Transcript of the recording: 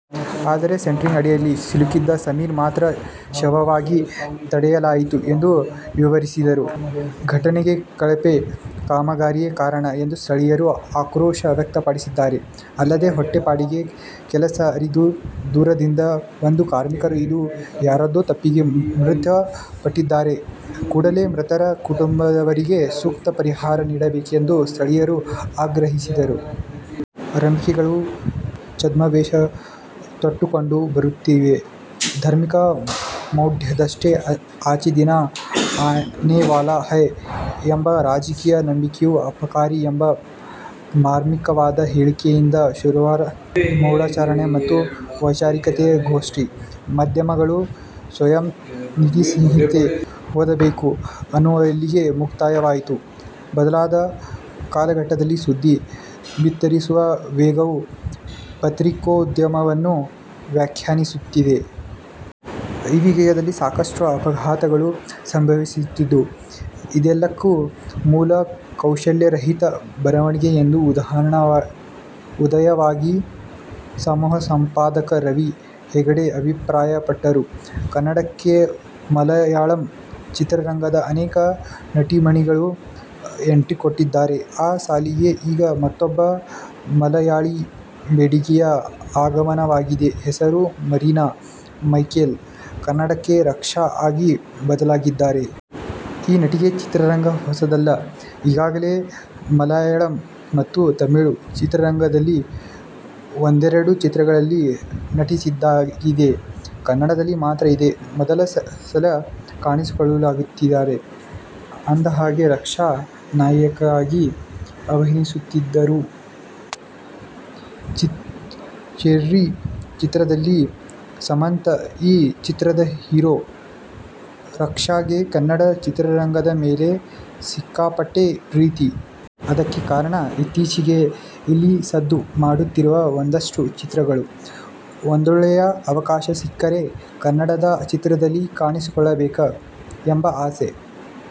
ಆದರೆ, ಸೆಂಟ್ರಿಂಗ್ ಅಡಿಯಲ್ಲಿ ಸಿಲುಕಿದ್ದ ಸಮೀರ್ ಮಾತ್ರ ಶವವಾಗಿ ತೆಗೆಯಲಾಯಿತು ಎಂದು ವಿವರಿಸಿದರು. ಘಟನೆಗೆ ಕಳಪೆ ಕಾಮಗಾರಿಯೇ ಕಾರಣ ಎಂದು ಸ್ಥಳೀಯರು ಆಕ್ರೋಶ ವ್ಯಕ್ತಪಡಿಸಿದ್ದಾರೆ. ಅಲ್ಲದೆ ಹೊಟ್ಟೆಪಾಡಿಗೆ ಕೆಲಸ ಅರಿಸಿ ದೂರದೂರಿನಿಂದ ಬಂದ ಕಾರ್ಮಿಕರು ಇಂದು ಯಾರಧ್ದೋ ತಪ್ಪಿಗೆ ಮೃತ ಪಟ್ಟಿದ್ದಾರೆ. ಕೂಡಲೇ ಮೃತರ ಕುಟುಂಬದವರಿಗೆ ಸೂಕ್ತ ಪರಿಹಾರ ನೀಡಬೇಕೆಂದು ಸ್ಥಳೀಯರು ಆಗ್ರಹಿಸಿದರು. ನಂಬಿಕೆಗಳು ಛದ್ಮವೇಷ ತೊಟ್ಟುಕೊಂಡು ಬರುತ್ತಿವೆ. ಧಾರ್ಮಿಕ ಮೌಡ್ಯದಷ್ಟೇ ಅಚ್ಚೇ ದಿನ್ ಆನೇವಾಲಾ ಹೈ ಎಂಬ ರಾಜಕೀಯ ನಂಬಿಕೆಯೂ ಅಪಾಯಕಾರಿ ಎಂಬ ಮಾರ್ಮಿಕವಾದ ಹೇಳಿಕೆಯಿಂದ ಶುರುವಾದ ಮೌಢಾಚರಣೆ ಮತ್ತು ವೈಚಾರಿಕತೆ ಗೋಷ್ಠಿ, ಮಾಧ್ಯಮಗಳು ಸ್ವಯಂ-ನೀತಿಸಂಹಿತೆ ಹೊಂದಬೇಕು ಅನ್ನುವಲ್ಲಿಗೆ ಮುಕ್ತಾಯವಾಯಿತು. ಬದಲಾದ ಕಾಲಘಟ್ಟದಲ್ಲಿ ಸುದ್ದಿ ಬಿತ್ತರಿಸುವ ವೇಗವು ಪತ್ರಿಕೋದ್ಯಮವನ್ನು ವ್ಯಾಖ್ಯಾನಿಸುತ್ತಿದೆ. ಈ ವೇಗದಲ್ಲಿ ಸಾಕಷ್ಟು ಅಪಘಾತಗಳು ಸಂಭವಿಸುತ್ತಿದ್ದು, ಇದೆಲ್ಲದಕ್ಕೂ ಮೂಲ ಕೌಶಲ್ಯರಹಿತ ಬರವಣಿಗೆ ಎಂದು ಉದಯವಾಣಿ ಸಮೂಹ ಸಂಪಾದಕ ರವಿ ಹೆಗಡೆ ಅಭಿಪ್ರಾಯಪಟ್ಟರು. ಕನ್ನಡಕ್ಕೆ ಮಲಯಾಳಂ ಚಿತ್ರರಂಗದ ಅನೇಕ ನಟಿಮಣಿಗಳು ಎಂಟ್ರಿಕೊಟ್ಟಿದ್ದಾರೆ. ಆ ಸಾಲಿಗೆ ಈಗ ಮತ್ತೂಬ್ಬ ಮಲಯಾಳಿ ಬೆಡಗಿಯ ಆಗಮನವಾಗಿದೆ. ಹೆಸರು ಮರೀನಾ ಮೈಕೆಲ್. ಕನ್ನಡಕ್ಕೆ ರಕ್ಷಾ ಆಗಿ ಬದಲಾಗಿದ್ದಾರೆ. ಈ ನಟಿಗೆ ಚಿತ್ರರಂಗ ಹೊಸದಲ್ಲ. ಈಗಾಗಲೇ ಮಲಯಾಳಂ ಮತ್ತು ತಮಿಳು ಚಿತ್ರರಂಗದಲ್ಲಿ ಒಂದೆರೆಡು ಚಿತ್ರಗಳಲ್ಲಿ ನಟಿಸಿದ್ದಾಗಿದೆ. ಕನ್ನಡದಲ್ಲಿ ಮಾತ್ರ ಇದೇ ಮೊದಲ ಸಲ ಕಾಣಿಸಿಕೊಳ್ಳುತ್ತಿದ್ದಾರೆ. ಅಂದಹಾಗೆ, ರಕ್ಷಾ ನಾಯಕಿಯಾಗಿ ಅಭಿನಯಿಸುತ್ತಿರೋದು "ಚೆರ್ರಿ' ಚಿತ್ರದಲ್ಲಿ. ಸುಮಂತ್ ಈ ಚಿತ್ರದ ಹೀರೋ. ರಕ್ಷಾಗೆ ಕನ್ನಡ ಚಿತ್ರರಂಗದ ಮೇಲೆ ಸಿಕ್ಕಾಪಟ್ಟೆ ಪ್ರೀತಿ. ಅದಕ್ಕೆ ಕಾರಣ, ಇತ್ತೀಚೆಗೆ ಇಲ್ಲಿ ಸದ್ದು ಮಾಡುತ್ತಿರುವ ಒಂದಷ್ಟು ಚಿತ್ರಗಳು. ಒಂದೊಳ್ಳೆಯ ಅವಕಾಶ ಸಿಕ್ಕರೆ, ಕನ್ನಡದ ಚಿತ್ರದಲ್ಲಿ ಕಾಣಿಸಿಕೊಳ್ಳಬೇಕು ಎಂಬ ಆಸೆ